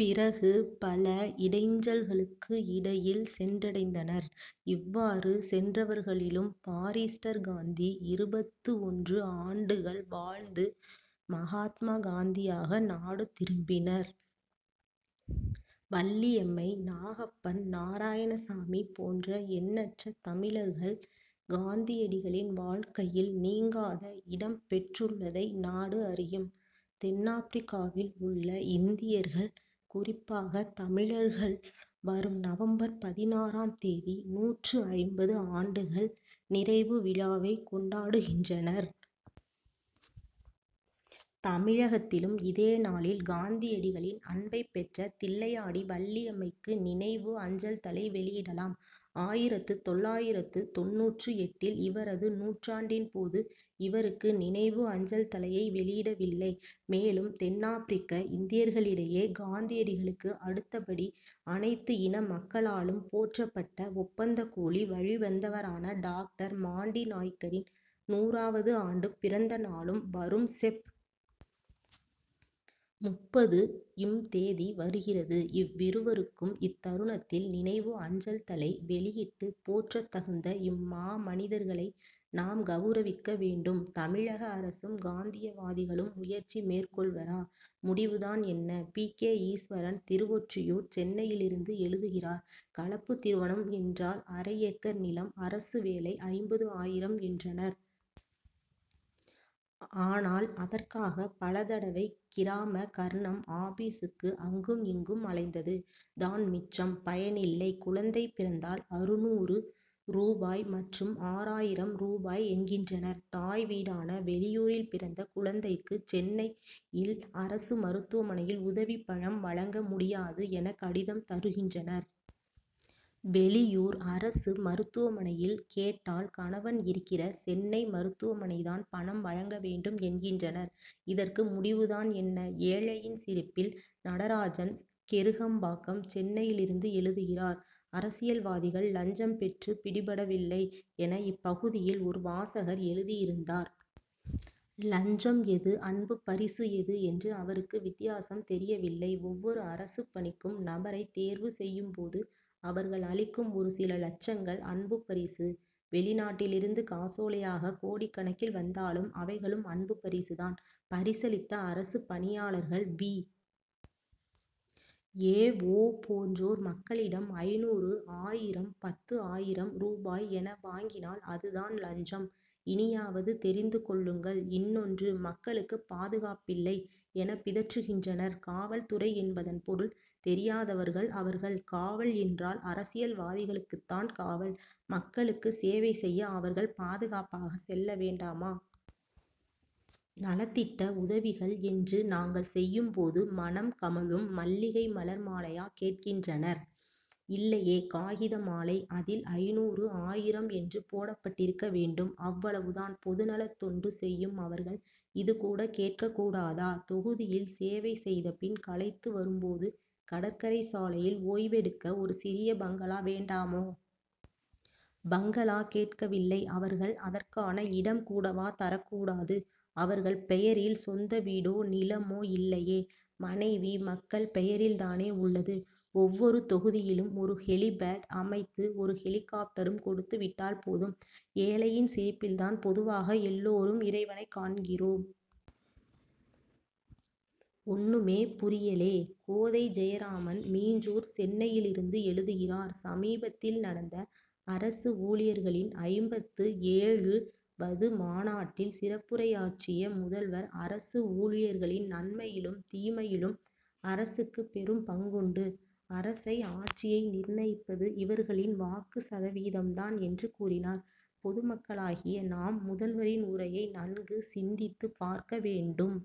பிறகு, பலபல இடைஞ்சல்களுக்கு இடையில் சென்றடைந்தனர். இவ்வாறு சென்றவர்களிலும், பாரிஸ்டர் காந்தி இருபத்து ஒன்று ஆண்டுகள் வாழ்ந்து, மகாத்மா காந்தியாக நாடு திரும்பினர். வள்ளியம்மை, நாகப்பன், நாராயணசாமி போன்ற எண்ணற்ற தமிழர்கள், காந்தியடிகளின் வாழ்க்கையில் நீங்காத இடம் பெற்றுள்ளதை நாடு அறியும். தென்னாப்ரிக்காவில் உள்ள இந்தியர்கள், குறிப்பாக தமிழர்கள், வரும் நவம்பர் பதினாறாம் தேதி, நூற்று ஐம்பது ஆண்டுகள் நிறைவு விழாவை கொண்டாடுகின்றனர். தமிழகத்திலும் இதே நாளில், காந்தியடிகளின் அன்பைப் பெற்ற தில்லையாடி வள்ளியம்மைக்கு நினைவு அஞ்சல் தலை வெளியிடலாம். ஆயிரத்து தொள்ளாயிரத்து தொண்ணூற்று எட்டில் இவரது நூற்றாண்டின் போது, இவருக்கு நினைவு அஞ்சல் தலையை வெளியிடவில்லை. மேலும், தென்னாப்ரிக்க இந்தியர்களிடையே காந்தியடிகளுக்கு அடுத்தபடி, அனைத்து இன மக்களாலும் போற்றப்பட்ட, ஒப்பந்த கூலி' வழிவந்தவரான டாக்டர் மாண்டிநாய்க்கரின் நூறாவது ஆண்டு பிறந்த நாளும், வரும் செப்., முப்பது ம் தேதி வருகிறது. இவ்விருவருக்கும் இத்தருணத்தில் நினைவு அஞ்சல் தலை வெளியிட்டு, போற்றத் தகுந்த இம்மாமனிதர்களை, நாம் கவுரவிக்க வேண்டும். தமிழக அரசும், காந்தியவாதிகளும் முயற்சி மேற் கொள்வரா? முடிவு தான் என்ன? பி. கே. ஈஸ்வரன், திருவொற்றியூர், சென்னையிலிருந்து எழுதுகிறார்: கலப்பு திருமணம் என்றால், அரை ஏக்கர் நிலம், அரசு வேலை, ஐம்பது ஆயிரம் ரூபாய் என்றனர். ஆனால், அதற்காக பலதடவை கிராம கர்ணம் ஆபீசுக்கு, அங்கும் இங்கும் அலைந்தது தான் மிச்சம்; பயனில்லை. குழந்தை பிறந்தால், அறுநூறு ரூபாய் மற்றும் ஆறாயிரம் ரூபாய் என்கின்றனர். தாய் வீடான வெளியூரில் பிறந்த குழந் தைக்கு, சென்னையில் அரசு மருத்துவமனையில் உதவி பணம் வழங்க முடியாது' என, கடிதம் தருகின்றனர். வெளியூர் அரசு மருத்துவ மனையில் கேட் டால், கணவன் இருக்கிற சென்னை மருத்துவமனை தான் பணம் வழங்க வேண்டும்' என்கின்றனர். இதற்கு முடிவு தான் என்ன? ஏழையின் சிரிப்பில்: நடராஜன், கெருகம்பாக்கம், சென்னையிலிருந்து எழுதுகிறார்: அரசியல்வாதிகள் லஞ்சம் பெற்று பிடிபடவில்லை' என, இப்பகுதியில் ஒரு வாசகர் எழுதியிருந்தார். லஞ்சம் எது, அன்புப் பரிசு எது என்று அவருக்கு வித்தியாசம் தெரியவில்லை. ஒவ்வொரு அரசுப் பணிக்கும் நபரை தேர்வு செய்யும் போது, அவர்கள் அளிக்கும் ஒரு சில லட்சங்கள் அன்பு பரிசு. வெளிநாட்டிலிருந்து காசோலையாக கோடிக்கணக்கில் வந்தாலும், அவைகளும் அன்பு பரிசு தான். பரிசளித்த அரசு பணியாளர்கள், வி. ஏ. ஓ., போன்றோர் மக்களிடம் ஐநூறு, ஆயிரம் பத்து ஆயிரம் ரூபாய் என வாங்கினால், அது தான் லஞ்சம்; இனியாவது தெரிந்து கொள்ளுங்கள்இன்னொன்று, மக்களுக்கு பாதுகாப்பில்லை' என பிதற்றுகின்றனர். காவல்துறை என்பதன் பொருள் தெரியாதவர்கள் அவர்கள். காவல் என்றால், அரசியல்வாதிகளுக்குத் தான் காவல். மக்களுக்கு சேவை செய்ய அவர்கள் பாதுகாப்பாக செல்ல வேண்டாமா? நலத்திட்ட உதவிகள் என்று நாங்கள் செய்யும் போது, மணம் கமழும் மல்லிகை மலர் மாலையா கேட்கின்றனர்? இல்லையே! காகித மாலை. அதில், ஐநூறு, ஆயிரம் என்று போடப்பட்டிருக்க வேண்டும்; அவ்வளவு தான்! பொதுநலத் தொண்டு செய்யும் அவர்கள், இது கூட கேட்கக் கூடாதா? தொகுதியில் சேவை செய்த பின் களைத்து வரும் போது, கடற்கரை சாலையில் ஓய்வெடுக்க ஒரு சிறிய பங்களா வேண்டாமோ? பங்களா கேட்கவில்லை அவர்கள், அதற்கான இடம் கூடவா தரக்கூடாது? அவர்கள் பெயரில் சொந்த வீடோ, நிலமோ இல்லையே! மனைவி, மக்கள் பெயரில் தானே உள்ளது. ஒவ்வொரு தொகுதியிலும், ஒரு ஹெலிபேட் அமைத்து, ஒரு ஹெலிகாப்டரும் கொடுத்து விட்டால் போதும். ஏழையின் சிரிப்பில் தான் பொதுவாக எல்லாரும் இறைவனைக் காண்கிறோம். ஒண்ணுமே புரியலே: கோதை ஜெயராமன், மீஞ்சூர், சென்னையிலிருந்து எழுதுகிறார்: சமீபத்தில் நடந்த அரசு ஊழியர்களின் ஐம்பத்து ஏழு வது மாநாட்டில் சிறப்புரையாற்றிய முதல்வர், அரசு ஊழியர்களின் நன்மையிலும், தீமையிலும் அரசுக்கு பெரும் பங்குண்டு; அரசை, ஆட்சியை நிர்ணயிப்பது இவர்களின் வாக்கு சதவீதம் தான்' என்று கூறினார். பொதுமக்களாகிய நாம், முதல்வரின் உரையை நன்கு சிந்தித்து பார்க்க வேண்டும்.